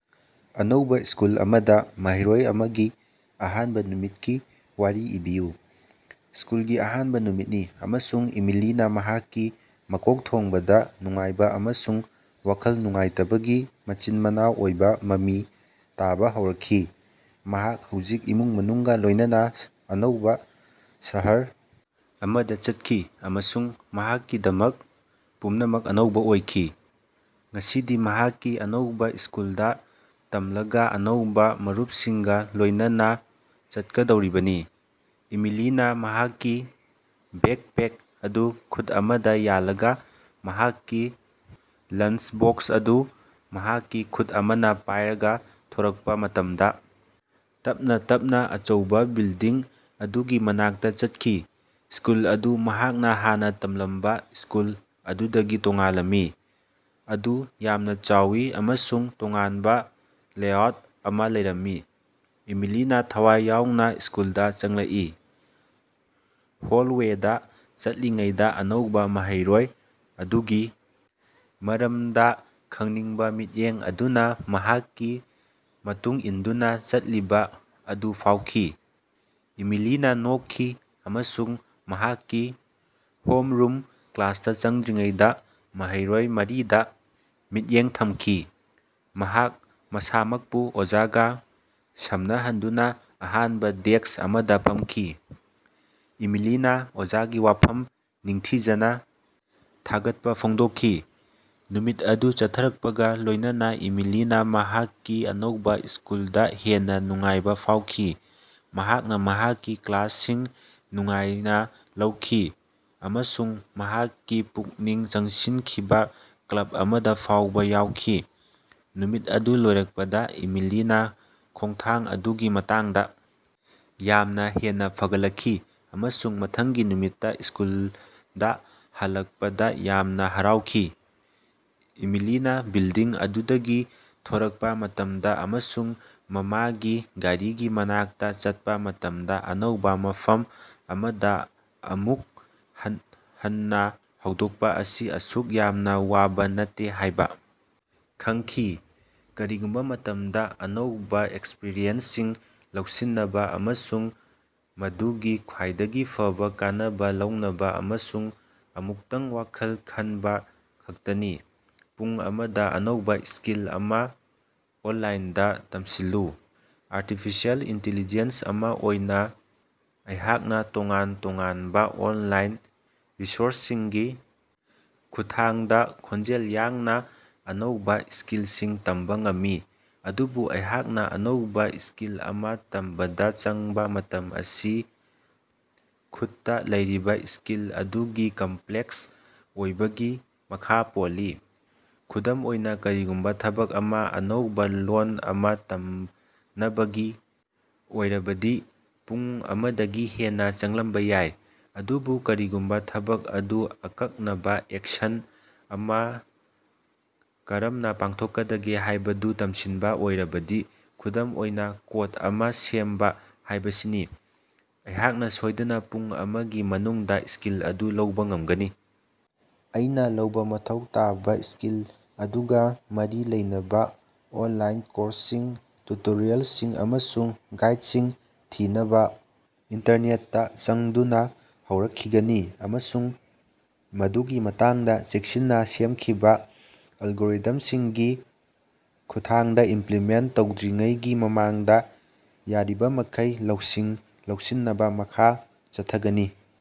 ꯑꯅꯧꯕꯥ ꯁ꯭ꯀꯨꯜ ꯑꯃꯗꯥ ꯃꯍꯩꯔꯣꯏ ꯑꯃꯒꯤ ꯑꯍꯥꯟꯕꯥ ꯅꯨꯃꯤꯠꯀꯤ ꯋꯥꯔꯤ ꯏꯕꯤꯌꯨ꯫ ꯁ꯭ꯀꯨꯜꯒꯤ ꯑꯍꯥꯟꯕꯥ ꯅꯨꯃꯤꯠꯅꯤ ꯑꯃꯁꯨꯡ ꯏꯃꯤꯂꯤꯅꯥ ꯃꯍꯥꯛꯀꯤ ꯃꯀꯣꯛꯊꯣꯡꯕꯗꯥ ꯅꯨꯡꯉꯥꯏꯕꯥ ꯑꯃꯁꯨꯡ ꯋꯥꯈꯜ ꯅꯨꯡꯉꯥꯏꯇꯕꯒꯤ ꯃꯆꯤꯟ-ꯃꯅꯥꯎ ꯑꯣꯏꯕꯥ ꯃꯃꯤ ꯇꯥꯕꯥ ꯍꯧꯔꯛꯈꯤ꯫ ꯃꯍꯥꯛ ꯍꯧꯖꯤꯛ ꯏꯃꯨꯡ ꯃꯅꯨꯡꯒꯥ ꯂꯣꯏꯅꯅꯥ ꯑꯅꯧꯕꯥ ꯁꯍꯔ ꯑꯃꯗꯥ ꯆꯠꯈꯤ ꯑꯃꯁꯨꯡ ꯃꯍꯥꯛꯀꯤꯗꯃꯛ ꯄꯨꯝꯅꯃꯛ ꯑꯅꯧꯕꯥ ꯑꯣꯏꯈꯤ꯫ ꯉꯁꯤꯗꯤ ꯃꯍꯥꯛꯀꯤ ꯑꯅꯧꯕꯥ ꯁ꯭ꯀꯨꯜꯗꯥ ꯇꯝꯂꯒꯥ ꯑꯅꯧꯕꯥ ꯃꯔꯨꯞꯁꯤꯡꯒꯥ ꯂꯣꯏꯅꯅꯥ ꯆꯠꯀꯗꯧꯔꯤꯕꯅꯤ꯫ ꯏꯃꯤꯂꯤꯅꯥ ꯃꯍꯥꯛꯀꯤ ꯕꯦꯛꯄꯦꯛ ꯑꯗꯨ ꯈꯨꯠ ꯑꯃꯗꯥ ꯌꯥꯜꯂꯒꯥ ꯃꯍꯥꯛꯀꯤ ꯂꯟꯆ ꯕꯣꯛꯁ ꯑꯗꯨ ꯃꯍꯥꯛꯀꯤ ꯈꯨꯠ ꯑꯃꯅꯥ ꯄꯥꯏꯔꯒ ꯊꯣꯔꯛꯄꯥ ꯃꯇꯝꯗꯥ ꯇꯞꯅꯥ ꯇꯞꯅꯥ ꯑꯆꯧꯕꯥ ꯕꯤꯜꯗꯤꯡ ꯑꯗꯨꯒꯤ ꯃꯅꯥꯛꯇꯥ ꯆꯠꯈꯤ꯫ ꯁ꯭ꯀꯨꯜ ꯑꯗꯨ ꯃꯍꯥꯛꯅꯥ ꯍꯥꯟꯅꯥ ꯇꯝꯂꯝꯕꯥ ꯁ꯭ꯀꯨꯜ ꯑꯗꯨꯗꯒꯤ ꯇꯣꯉꯥꯜꯂꯝꯃꯤ, ꯑꯗꯨ ꯌꯥꯝꯅꯥ ꯆꯥꯎꯏ ꯑꯃꯁꯨꯡ ꯇꯣꯉꯥꯟꯕꯥ ꯂꯦꯑꯥꯎꯠ ꯑꯃꯥ ꯂꯩꯔꯝꯃꯤ꯫ ꯏꯃꯤꯂꯤꯅꯥ ꯊꯋꯥꯏ ꯌꯥꯎꯅꯥ ꯁ꯭ꯀꯨꯜꯗꯥ ꯆꯪꯂꯛꯏ꯫ ꯍꯣꯜꯋꯦꯗꯥ ꯆꯠꯂꯤꯉꯩꯗꯥ ꯑꯅꯧꯕꯥ ꯃꯍꯩꯔꯣꯏ ꯑꯗꯨꯒꯤ ꯃꯔꯝꯗꯥ ꯈꯪꯅꯤꯡꯕꯥ ꯃꯤꯠꯌꯦꯡ ꯑꯗꯨꯅꯥ ꯃꯍꯥꯛꯀꯤ ꯃꯇꯨꯡ ꯏꯟꯗꯨꯅꯥ ꯆꯠꯂꯤꯕꯥ ꯑꯗꯨ ꯐꯥꯎꯈꯤ꯫ ꯏꯃꯤꯂꯤꯅꯥ ꯅꯣꯛꯈꯤ ꯑꯃꯁꯨꯡ ꯃꯍꯥꯛꯀꯤ ꯍꯣꯝꯔꯨꯝ ꯀ꯭ꯂꯥꯁꯇꯥ ꯆꯪꯗ꯭ꯔꯤꯉꯩꯗꯥ ꯃꯍꯩꯔꯣꯏ ꯃꯔꯤꯗꯥ ꯃꯤꯠꯌꯦꯡ ꯊꯝꯈꯤ꯫ ꯃꯍꯥꯛ ꯃꯁꯥꯃꯛꯄꯨ ꯑꯣꯖꯥꯒꯥ ꯁꯝꯅꯍꯟꯗꯨꯅꯥ ꯑꯍꯥꯡꯕꯥ ꯗꯦꯛꯁ ꯑꯃꯗꯥ ꯐꯝꯈꯤ꯫ ꯏꯃꯤꯂꯤꯅꯥ ꯑꯣꯖꯥꯒꯤ ꯋꯥꯐꯝ ꯅꯤꯡꯊꯤꯖꯅꯥ ꯊꯥꯒꯠꯄꯥ ꯐꯣꯡꯗꯣꯛꯈꯤ꯫ ꯅꯨꯃꯤꯠ ꯑꯗꯨ ꯆꯠꯊꯔꯛꯄꯒꯥ ꯂꯣꯏꯅꯅꯥ ꯏꯃꯤꯂꯤꯅꯥ ꯃꯍꯥꯛꯀꯤ ꯑꯅꯧꯕꯥ ꯁ꯭ꯀꯨꯜꯗꯥ ꯍꯦꯟꯅꯥ ꯅꯨꯡꯉꯥꯏꯕꯥ ꯐꯥꯎꯈꯤ꯫ ꯃꯍꯥꯛꯅꯥ ꯃꯍꯥꯛꯀꯤ ꯀ꯭ꯂꯥꯁꯁꯤꯡ ꯅꯨꯡꯉꯥꯏꯅꯥ ꯂꯧꯈꯤ ꯑꯃꯁꯨꯡ ꯃꯍꯥꯛꯀꯤ ꯄꯨꯛꯅꯤꯡ ꯆꯤꯡꯁꯤꯟꯈꯤꯕꯥ ꯀ꯭ꯂꯞ ꯑꯃꯗꯥ ꯐꯥꯎꯕꯥ ꯌꯥꯎꯈꯤ꯫ ꯅꯨꯃꯤꯠ ꯑꯗꯨ ꯂꯣꯏꯔꯛꯄꯗꯥ ꯏꯃꯤꯂꯤꯅꯥ ꯈꯣꯡꯊꯥꯡ ꯑꯗꯨꯒꯤ ꯃꯇꯥꯡꯗꯥ ꯌꯥꯝꯅꯥ ꯍꯦꯟꯅꯥ ꯐꯒꯠꯂꯛꯈꯤ ꯑꯃꯁꯨꯡ ꯃꯊꯪꯒꯤ ꯅꯨꯃꯤꯠꯇꯥ ꯁ꯭ꯀꯨꯜꯗꯥ ꯍꯜꯂꯛꯄꯗꯥ ꯌꯥꯝꯅꯥ ꯍꯔꯥꯎꯈꯤ꯫ ꯏꯃꯤꯂꯤꯅꯥ ꯕꯤꯜꯗꯤꯡ ꯑꯗꯨꯗꯒꯤ ꯊꯣꯔꯛꯄꯥ ꯃꯇꯝꯗꯥ ꯑꯃꯁꯨꯡ ꯃꯃꯥꯒꯤ ꯒꯥꯔꯤꯒꯤ ꯃꯅꯥꯛꯇꯥ ꯆꯠꯄꯥ ꯃꯇꯝꯗꯥ, ꯑꯅꯧꯕꯥ ꯃꯐꯝ ꯑꯃꯗꯥ ꯑꯃꯨꯛ ꯍꯟꯅꯥ ꯍꯧꯗꯣꯛꯄꯥ ꯑꯁꯤ ꯑꯁꯨꯛ ꯌꯥꯝꯅꯥ ꯋꯥꯕꯥ ꯅꯠꯇꯦ ꯍꯥꯏꯕꯥ ꯈꯪꯈꯤ꯫ ꯀꯔꯤꯒꯨꯝꯕꯥ ꯃꯇꯝꯗꯥ, ꯑꯅꯧꯕꯥ ꯑꯦꯛꯁꯄ꯭ꯔꯤꯌꯦꯟꯁꯁꯤꯡ ꯂꯧꯁꯤꯟꯅꯕꯥ ꯑꯃꯁꯨꯡ ꯃꯗꯨꯒꯤ ꯈ꯭ꯋꯥꯏꯗꯒꯤ ꯐꯕꯥ ꯀꯥꯟꯅꯕꯥ ꯂꯧꯅꯕꯥ ꯑꯃꯁꯨꯡ ꯑꯃꯨꯛꯇꯪ ꯋꯥꯈꯜ ꯈꯟꯕꯥ ꯈꯛꯇꯅꯤ꯫ ꯄꯨꯡ ꯑꯃꯗꯥ ꯑꯅꯧꯕꯥ ꯁ꯭ꯀꯤꯜ ꯑꯃꯥ ꯑꯣꯟꯂꯥꯏꯟꯗꯥ ꯇꯝꯁꯤꯜꯂꯨ꯫ ꯑꯔꯇꯤꯐꯤꯁꯦꯜ ꯏꯟꯇꯤꯂꯤꯖꯦꯟꯁ ꯑꯃꯥ ꯑꯣꯏꯅꯥ ꯑꯩꯍꯥꯛꯅꯥ ꯇꯣꯉꯥꯟ ꯇꯣꯉꯥꯟꯕꯥ ꯑꯣꯟꯂꯥꯏꯟ ꯔꯤꯁꯣꯔꯁꯁꯤꯡꯒꯤ ꯈꯨꯠꯊꯥꯡꯗꯥ ꯈꯣꯡꯖꯦꯜ ꯌꯥꯡꯅꯥ ꯑꯅꯧꯕꯥ ꯁ꯭ꯀꯤꯜꯁꯤꯡ ꯇꯝꯕꯥ ꯉꯝꯃꯤ꯫ ꯑꯗꯨꯕꯨ ꯑꯩꯍꯥꯛꯅꯥ ꯑꯅꯧꯕꯥ ꯁ꯭ꯀꯤꯜ ꯑꯃꯥ ꯇꯝꯕꯗꯥ ꯆꯪꯕꯥ ꯃꯇꯝ ꯑꯁꯤ ꯈꯨꯠꯇꯥ ꯂꯩꯔꯤꯕꯥ ꯁ꯭ꯀꯤꯜ ꯑꯗꯨꯒꯤ ꯀꯝꯄ꯭ꯂꯦꯛꯁ ꯑꯣꯏꯕꯒꯤ ꯃꯈꯥ ꯄꯣꯜꯂꯤ꯫ ꯈꯨꯗꯝ ꯑꯣꯏꯅꯥ, ꯀꯔꯤꯒꯨꯝꯕꯥ ꯊꯕꯛ ꯑꯗꯨ ꯑꯅꯧꯕꯥ ꯂꯣꯜ ꯑꯃꯥ ꯇꯝꯅꯕꯒꯤ ꯑꯣꯏꯔꯕꯗꯤ ꯄꯨꯡ ꯑꯃꯗꯒꯤ ꯍꯦꯟꯅꯥ ꯆꯪꯂꯝꯕꯥ ꯌꯥꯏ꯫ ꯑꯗꯨꯕꯨ ꯀꯔꯤꯒꯨꯝꯕꯥ ꯊꯕꯛ ꯑꯗꯨ ꯑꯀꯛꯅꯕꯥ ꯑꯦꯛꯁꯟ ꯑꯃꯥ ꯀꯔꯝꯅꯥ ꯄꯥꯡꯊꯣꯛꯀꯗꯒꯦ ꯍꯥꯏꯕꯗꯨ ꯇꯝꯁꯤꯟꯕꯥ ꯑꯣꯏꯔꯕꯗꯤ, ꯈꯨꯗꯝ ꯑꯣꯏꯅꯥ ꯀꯣꯠ ꯑꯃꯥ ꯁꯦꯝꯕꯥ ꯍꯥꯏꯕꯁꯤꯅꯤ, ꯑꯩꯍꯥꯛꯅꯥ ꯁꯣꯏꯗꯅꯥ ꯄꯨꯡ ꯑꯃꯒꯤ ꯃꯅꯨꯡꯗꯥ ꯁ꯭ꯀꯤꯜ ꯑꯗꯨ ꯂꯧꯕꯥ ꯉꯝꯒꯅꯤ꯫ ꯑꯩꯅꯥ ꯂꯧꯕꯥ ꯃꯊꯧ ꯇꯥꯕꯥ ꯁ꯭ꯀꯤꯜ ꯑꯗꯨꯒꯥ ꯃꯔꯤ ꯂꯩꯅꯕꯥ ꯑꯣꯟꯂꯥꯏꯟ ꯀꯣꯔꯁꯁꯤꯡ, ꯇ꯭ꯌꯨꯇꯣꯔꯤꯌꯦꯜꯁꯤꯡ ꯑꯃꯁꯨꯡ ꯒꯥꯏꯠꯁꯤꯡ ꯊꯤꯅꯕꯥ ꯏꯟꯇꯔꯅꯦꯠꯇꯥ ꯆꯪꯗꯨꯅꯥ ꯍꯧꯔꯛꯈꯤꯒꯅꯤ ꯑꯃꯁꯨꯡ ꯃꯗꯨꯒꯤ ꯃꯇꯨꯡꯗꯥ ꯆꯦꯛꯁꯤꯟꯅꯥ ꯁꯦꯝꯈꯤꯕꯥ ꯑꯦꯜꯒꯣꯔꯤꯊꯝꯁꯤꯡꯒꯤ ꯈꯨꯠꯊꯥꯡꯗꯥ ꯏꯝꯄ꯭ꯂꯤꯃꯦꯟꯇ ꯇꯧꯗ꯭ꯔꯤꯉꯩꯒꯤ ꯃꯃꯥꯡꯗꯥ ꯌꯥꯔꯤꯕꯃꯈꯩ ꯂꯧꯁꯤꯡ ꯂꯧꯁꯤꯟꯅꯕꯥ ꯃꯈꯥ ꯆꯠꯊꯒꯅꯤ꯫